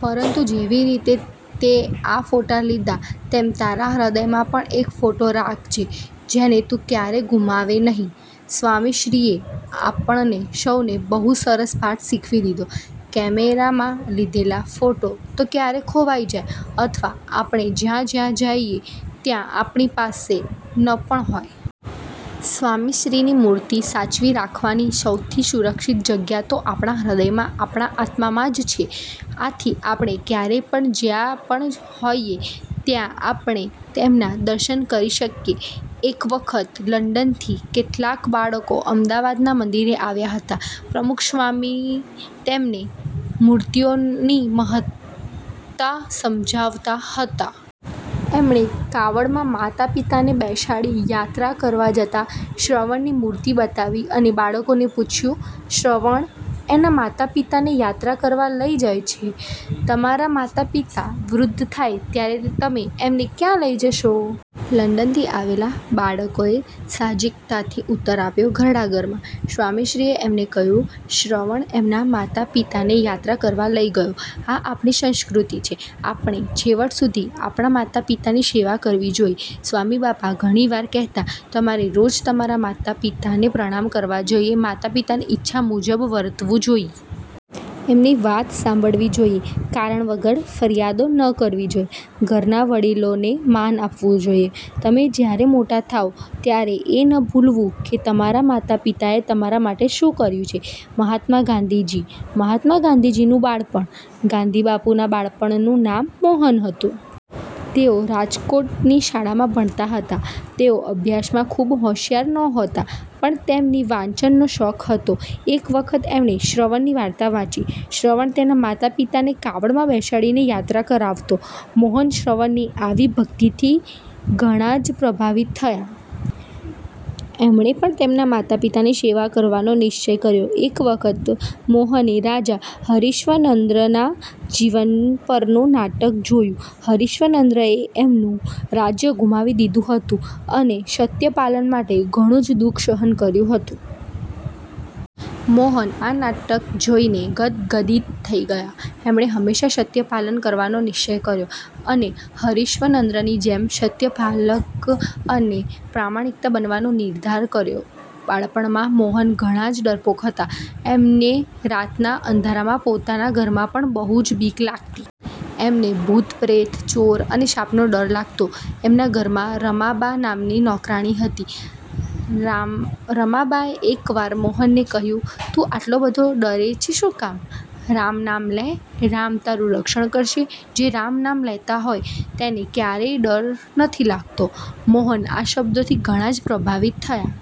પરંતુ જેવી રીતે તેં આ ફોટા લીધા તેમ તારા હૃદયમાં પણ એક ફોટો રાખજે જેને તું કયારેય ગુમાવે નહીં." સ્વામીશ્રીએ આપણને સૌને બહુ સરસ પાઠ શીખવી દીધો. કેમેરામાં લીધેલા ફોટા તો ક્યારેક ખોવાઈ જાય, અથવા આપણે જ્યાં-જ્યાં જઈએ ત્યાં આપણી પાસે ન પણ હોય. સ્વામીશ્રીની મૂર્તિ સાચવી રાખવાની સૌથી સુરક્ષિત જગ્યા તો આપણા હૃદયમાં આપણા આત્મામાં જ છે. આથી આપણે ક્યારેય પણ જ્યાં પણ હોઈએ ત્યાં આપણે એમના દર્શન કરી શકીએ. એક વખત લંડનથી કેટલાક બાળકો અમદાવાદના મંદિરે આવ્યા હતા, પ્રમુખસ્વામી તેમને મૂર્તિઓની મહત્તા સમજાવતા હતા. એમણે કાવડમાં માતા પિતાને બેસાડી યાત્રા કરવા જતા શ્રવણની મૂર્તિ બતાવી અને બાળકોને પૂછ્યું, "શ્રવણ એના માતા પિતાને યાત્રા કરવા લઇ જાય છે. તમારા માતા પિતા વૃદ્ધ થાય ત્યારે તમે એમને ક્યાં લઇ જશો?" લંડનથી આવેલા બાળકોએ સાહજિકતાથી ઉત્તર આપ્યો, "ઘરડા ઘરમાં."સ્વામીશ્રીએ એમને કહ્યું, "શ્રવણ એના માતા પિતાને યાત્રા કરવા લઇ ગયો, આ આપણી સંસ્કૃતિ છે. આપણે છેવટ સુધી આપણા માતા પિતાની સેવા કરવી જોઈએ. સ્વામીબાપા ઘણી વાર કહેતા, "તમારે રોજ તમારા માતા પિતાને પ્રણામ કરવા જોઈએ, માતા પિતાની ઈચ્છા મુજબ વર્તવું જોઈ,. એમની વાત સાંભળવી જોઈએ, કારણ વગર ફરિયાદો ન કરવી જોઈએ, ઘરના વડીલોને માન આપવું જોઈએ. તમે જયારે મોટા થાવ ત્યારે એ ન ભૂલવું કે તમારા માતા પિતાએ તમારા માટે શું કર્યું છે." મહાત્મા ગાંધીજી: મહાત્મા ગાંધીજીનું બાળપણ: ગાંધીબાપુના બાળપણનું નામ મોહન હતું. તેઓ રાજકોટની શાળામાં ભણતા હતા. તેઓ અભ્યાસમાં બહુ હોશિયાર નહોતા, પણ તેમને વાંચનનો શોખ હતો. એક વખત એમણે શ્રવણની વાર્તા વાંચી. શ્રવણ તેના માતા પિતાને કાવડમાં બેસાડીને યાત્રા કરાવતો. મોહન શ્રવણની આવી ભક્તિથી ઘણા જ પ્રભાવિત થયા. એમણે પણ તેમના માતા પિતાની સેવા કરવાનો નિશ્ચય કર્યો. એક વખત મોહને રાજા હરિશ્ચન્દ્રના જીવન પરનું નાટક જોયું. હરિશ્ચન્દ્રએ એમનું રાજ્ય ગુમાવી દીધું હતું, અને સત્યપાલન માટે ઘણું જ દુઃખ સહન કર્યું હતું. મોહન આ નાટક જોઈને ગદગદિત થઈ ગયા. એમણે હંમેશા સત્યપાલન કરવાનો નિશ્ચય કર્યો, અને હરિશ્ચન્દ્રની જેમ સત્યપાલક અને પ્રામાણિક બનવાનો નિર્ધાર કર્યો. બાળપણમાં મોહન ઘણા જ ડરપોક હતા. એમને રાતના અંધારામાં પોતાના ઘરમાં પણ બહુ જ બીક લાગતી. એમને ભૂતપ્રેત, ચોર અને સાપનો ડર લાગતો. એમના ઘરમાં રમાબા નામની નોકરાણી હતી. રમાબાએ એક વાર મોહનને કહ્યું, "તું આટલો બધો ડરે છે શું કામ? રામ નામ લે, રામ તારું રક્ષણ કરશે, જે રામ નામ લેતા હોય તેને ક્યારેય ડર નથી લાગતો." મોહન આ શબ્દોથી ઘણા જ પ્રભાવિત થયા.